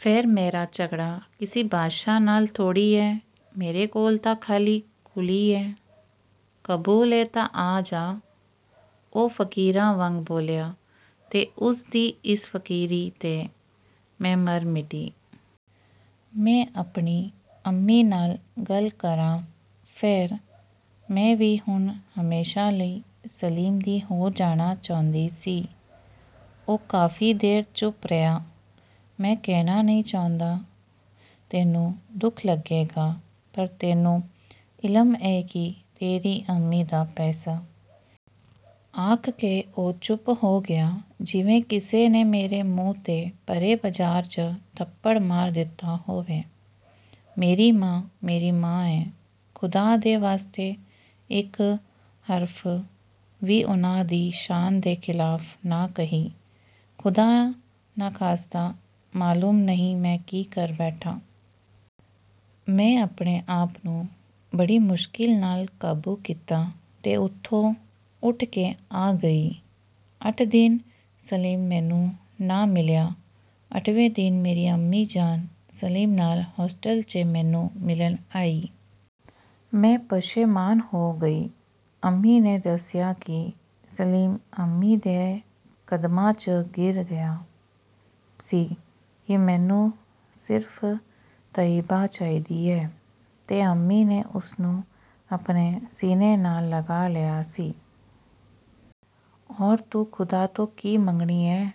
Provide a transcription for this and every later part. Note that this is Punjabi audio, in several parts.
ਫੇਰ ਮੇਰਾ ਝਗੜਾ ਕਿਸੇ ਬਾਦਸ਼ਾਹ ਨਾਲ ਥੋੜ੍ਹੀ ਏ। ਮੇਰੇ ਕੋਲ ਤਾਂ ਖਾਲੀ ਕੁੱਲੀ ਏ, ਕਬੂਲ ਏ ਤਾਂ ਆ ਜਾ…। " ਉਹ ਫ਼ਕੀਰਾਂ ਵਾਂਗ ਬੋਲਿਆ ਤੇ ਉਸ ਦੀ ਇਸ ਫਕੀਰੀ 'ਤੇ ਮੈਂ ਮਰ ਮਿਟੀ। "ਮੈਂ ਆਪਣੀ ਅੰਮੀ ਨਾਲ ਗੱਲ ਕਰਾਂ ਫੇਰ? " ਮੈਂ ਵੀ ਹੁਣ ਹਮੇਸ਼ਾ ਲਈ ਸਲੀਮ ਦੀ ਹੋ ਜਾਣਾ ਚਾਹੁੰਦੀ ਸੀ। ਉਹ ਕਾਫੀ ਦੇਰ ਚੁੱਪ ਰਿਹਾ। ਮੈਂ ਕਹਿਣਾ ਨਹੀਂ ਚਾਹੁੰਦਾ, ਤੈਨੂੰ ਦੁੱਖ ਲੱਗੇਗਾ। ਪਰ ਤੈਨੂੰ ਇਲਮ ਏ ਕਿ ਤੇਰੀ ਅੰਮੀ ਦਾ ਪੇਸ਼ਾ…! " ਆਖ ਕੇ ਉਹ ਚੁੱਪ ਹੋ ਗਿਆ। ਜਿਵੇਂ ਕਿਸੇ ਨੇ ਮੇਰੇ ਮੂੰਹ 'ਤੇ ਭਰੇ ਬਾਜ਼ਾਰ 'ਚ ਥੱਪੜ ਮਾਰ ਦਿੱਤਾ ਹੋਵੇ। ਮੇਰੀ ਮਾਂ ਮੇਰੀ ਮਾਂ ਏ। ਖ਼ੁਦਾ ਦੇ ਵਾਸਤੇ ਇੱਕ ਹਰਫ ਵੀ ਉਨ੍ਹਾਂ ਦੀ ਸ਼ਾਨ ਦੇ ਖਿਲਾਫ ਨਾ ਕਹੀਂ… ਖੁਦਾ ਨਾਖਾਸਤਾ ਮਾਲੂਮ ਨਹੀਂ ਮੈਂ ਕੀ ਕਰ ਬੈਠਾਂ। " ਮੈਂ ਆਪਣੇ ਆਪ ਨੂੰ ਬੜੀ ਮੁਸ਼ਕਿਲ ਨਾਲ ਕਾਬੂ ਕੀਤਾ ਤੇ ਉਥੋਂ ਉਠ ਕੇ ਆ ਗਈ। ਅੱਠ ਦਿਨ ਸਲੀਮ ਮੈਨੂੰ ਨਾ ਮਿਲਿਆ। ਅੱਠਵੇਂ ਦਿਨ ਮੇਰੀ ਅੰਮੀ ਜਾਨ ਸਲੀਮ ਨਾਲ ਹੋਸਟਲ 'ਚ ਮੈਨੂੰ ਮਿਲਣ ਆਈ। ਮੈਂ ਪਸ਼ੇਮਾਨ ਹੋ ਗਈ। ਅੰਮੀ ਨੇ ਦੱਸਿਆ ਕਿ ਸਲੀਮ ਅੰਮੀ ਦੇ ਕਦਮਾਂ 'ਚ ਗਿਰ ਗਿਆ ਸੀ ਕਿ ਮੈਨੂੰ ਸਿਰਫ ਤਈਅਬਾ ਚਾਹੀਦੀ ਏ। ਤੇ ਅੰਮੀ ਨੇ ਉਸ ਨੂੰ ਆਪਣੇ ਸੀਨੇ ਨਾਲ ਲਗਾ ਲਿਆ ਸੀ। "ਹੋਰ ਤੂੰ ਖ਼ੁਦਾ ਤੋਂ ਕੀ ਮੰਗਣੀ ਏਂ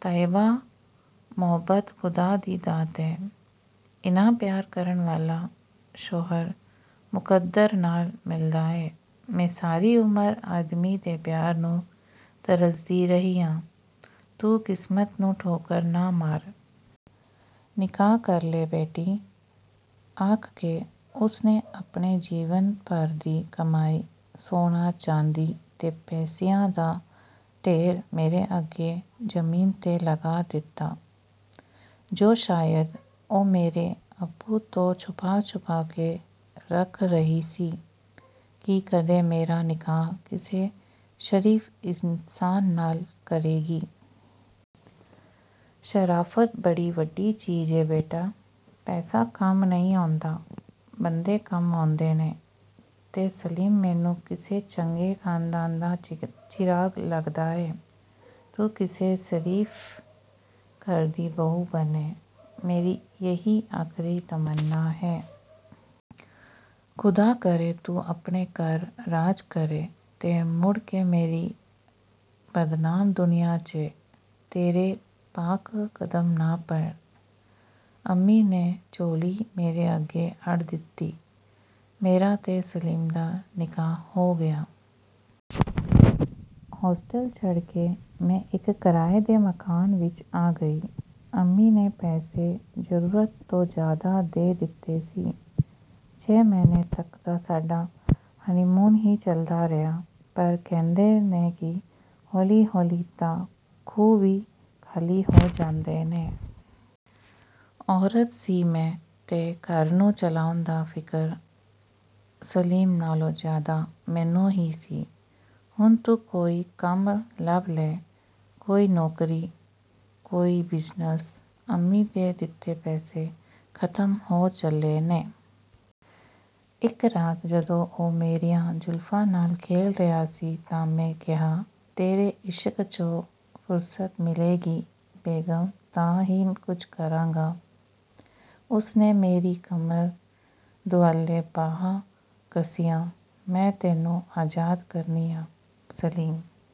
ਤਈਅਬਾ, ਮੁਹੱਬਤ ਖ਼ੁਦਾ ਦੀ ਦਾਤ ਏ। ਇੰਨਾ ਪਿਆਰ ਕਰਨ ਵਾਲਾ ਸ਼ੋਹਰ ਮੁਕੱਦਰ ਨਾਲ ਮਿਲਦਾ ਏ। ਮੈਂ ਸਾਰੀ ਉਮਰ ਆਦਮੀ ਦੇ ਪਿਆਰ ਨੂੰ ਤਰਸਦੀ ਰਹੀ ਆਂ। ਤੂੰ ਕਿਸਮਤ ਨੂੰ ਠੋਕਰ ਨਾ ਮਾਰ। ਨਿਕਾਹ ਕਰ ਲੈ ਬੇਟੀ। " ਆਖ ਕੇ ਉਸ ਨੇ ਆਪਣੇ ਜੀਵਨ ਭਰ ਦੀ ਕਮਾਈ ਸੋਨਾ ਚਾਂਦੀ ਤੇ ਪੈਸਿਆਂ ਦਾ ਢੇਰ ਮੇਰੇ ਅੱਗੇ ਜ਼ਮੀਨ 'ਤੇ ਲਗਾ ਦਿੱਤਾ ਜੋ ਸ਼ਾਇਦ ਉਹ ਮੇਰੇ ਅੱਬੂ ਤੋਂ ਛੁਪਾ ਛੁਪਾ ਕੇ ਰੱਖ ਰਹੀ ਸੀ ਕਿ ਕਦੇ ਮੇਰਾ ਨਿਕਾਹ ਕਿਸੇ ਸ਼ਰੀਫ ਇਨਸਾਨ ਨਾਲ ਕਰੇਗੀ। "ਸ਼ਰਾਫ਼ਤ ਬੜੀ ਵੱਡੀ ਚੀਜ਼ ਏ ਬੇਟਾ….। ਪੈਸਾ ਕੰਮ ਨਹੀਂ ਆਉਂਦਾ, ਬੰਦੇ ਕੰਮ ਆਉਂਦੇ ਨੇ, ਤੇ ਸਲੀਮ ਮੈਨੂੰ ਕਿਸੇ ਚੰਗੇ ਖਾਨਦਾਨ ਦਾ ਚਿਰਾਗ ਲੱਗਦਾ ਏ। ਤੂੰ ਕਿਸੇ ਸ਼ਰੀਫ ਘਰ ਦੀ ਬਹੂ ਬਣੇਂ, ਮੇਰੀ ਇਹੀ ਆਖਰੀ ਤਮੰਨਾ ਏ…। ਖ਼ੁਦਾ ਕਰੇ ਤੂੰ ਆਪਣੇ ਘਰ ਰਾਜ ਕਰੇਂ ਤੇ ਮੁੜ ਕੇ ਮੇਰੀ ਬਦਨਾਮ ਦੁਨੀਆਂ 'ਚ ਤੇਰੇ ਪਾਕ ਕਦਮ ਨਾ ਪੈਣ। " ਅੰਮੀ ਨੇ ਝੋਲੀ ਮੇਰੇ ਅੱਗੇ ਅੱਡ ਦਿੱਤੀ। ਮੇਰਾ ਤੇ ਸਲੀਮ ਦਾ ਨਿਕਾਹ ਹੋ ਗਿਆ। ਹੋਸਟਲ ਛੱਡ ਕੇ ਮੈਂ ਇੱਕ ਕਿਰਾਏ ਦੇ ਮਕਾਨ ਵਿਚ ਆ ਗਈ। ਅੰਮੀ ਨੇ ਪੈਸੇ ਜ਼ਰੂਰਤ ਤੋਂ ਜ਼ਿਆਦਾ ਦੇ ਦਿੱਤੇ ਸੀ। ਛੇ ਮਹੀਨੇ ਤੱਕ ਤਾਂ ਸਾਡਾ ਹਨੀਮੂਨ ਹੀ ਚੱਲਦਾ ਰਿਹਾ। ਪਰ ਕਹਿੰਦੇ ਨੇ ਕਿ ਹੌਲੀ ਹੌਲੀ ਤਾਂ ਖੂਹ ਵੀ ਖਾਲੀ ਹੋ ਜਾਂਦੇ ਨੇ। ਔਰਤ ਸੀ ਮੈਂ ਤੇ ਘਰ ਨੂੰ ਚਲਾਉਣ ਦਾ ਫਿਕਰ ਸਲੀਮ ਨਾਲੋਂ ਜ਼ਿਆਦਾ ਮੈਨੂੰ ਹੀ ਸੀ। ਹੁਣ ਤੂੰ ਕੋਈ ਕੰਮ ਲੱਭ ਲੈ। ਕੋਈ ਨੌਕਰੀ…। ਕੋਈ ਬਿਜ਼ਨਸ਼..। ਅੰਮੀ ਦੇ ਦਿੱਤੇ ਪੈਸੇ ਖ਼ਤਮ ਹੋ ਚੱਲੇ ਨੇ। " ਇੱਕ ਰਾਤ ਜਦੋਂ ਉਹ ਮੇਰੀਆਂ ਜ਼ੁਲਫ਼ਾਂ ਨਾਲ ਖੇਲ ਰਿਹਾ ਸੀ ਤਾਂ ਮੈਂ ਕਿਹਾ। "ਤੇਰੇ ਇਸ਼ਕ 'ਚੋਂ ਫੁਰਸਤ ਮਿਲੇਗੀ ਬੇਗ਼ਮ ਤਾਂ ਹੀ ਕੁਝ ਕਰਾਂਗਾ। " ਉਸ ਨੇ ਮੇਰੀ ਕਮਰ ਦੁਆਲੇ ਬਾਹਾਂ ਕੱਸੀਆਂ। "ਮੈਂ ਤੈਨੂੰ ਆਜ਼ਾਦ ਕਰਨੀ ਆਂ ਸਲੀਮ।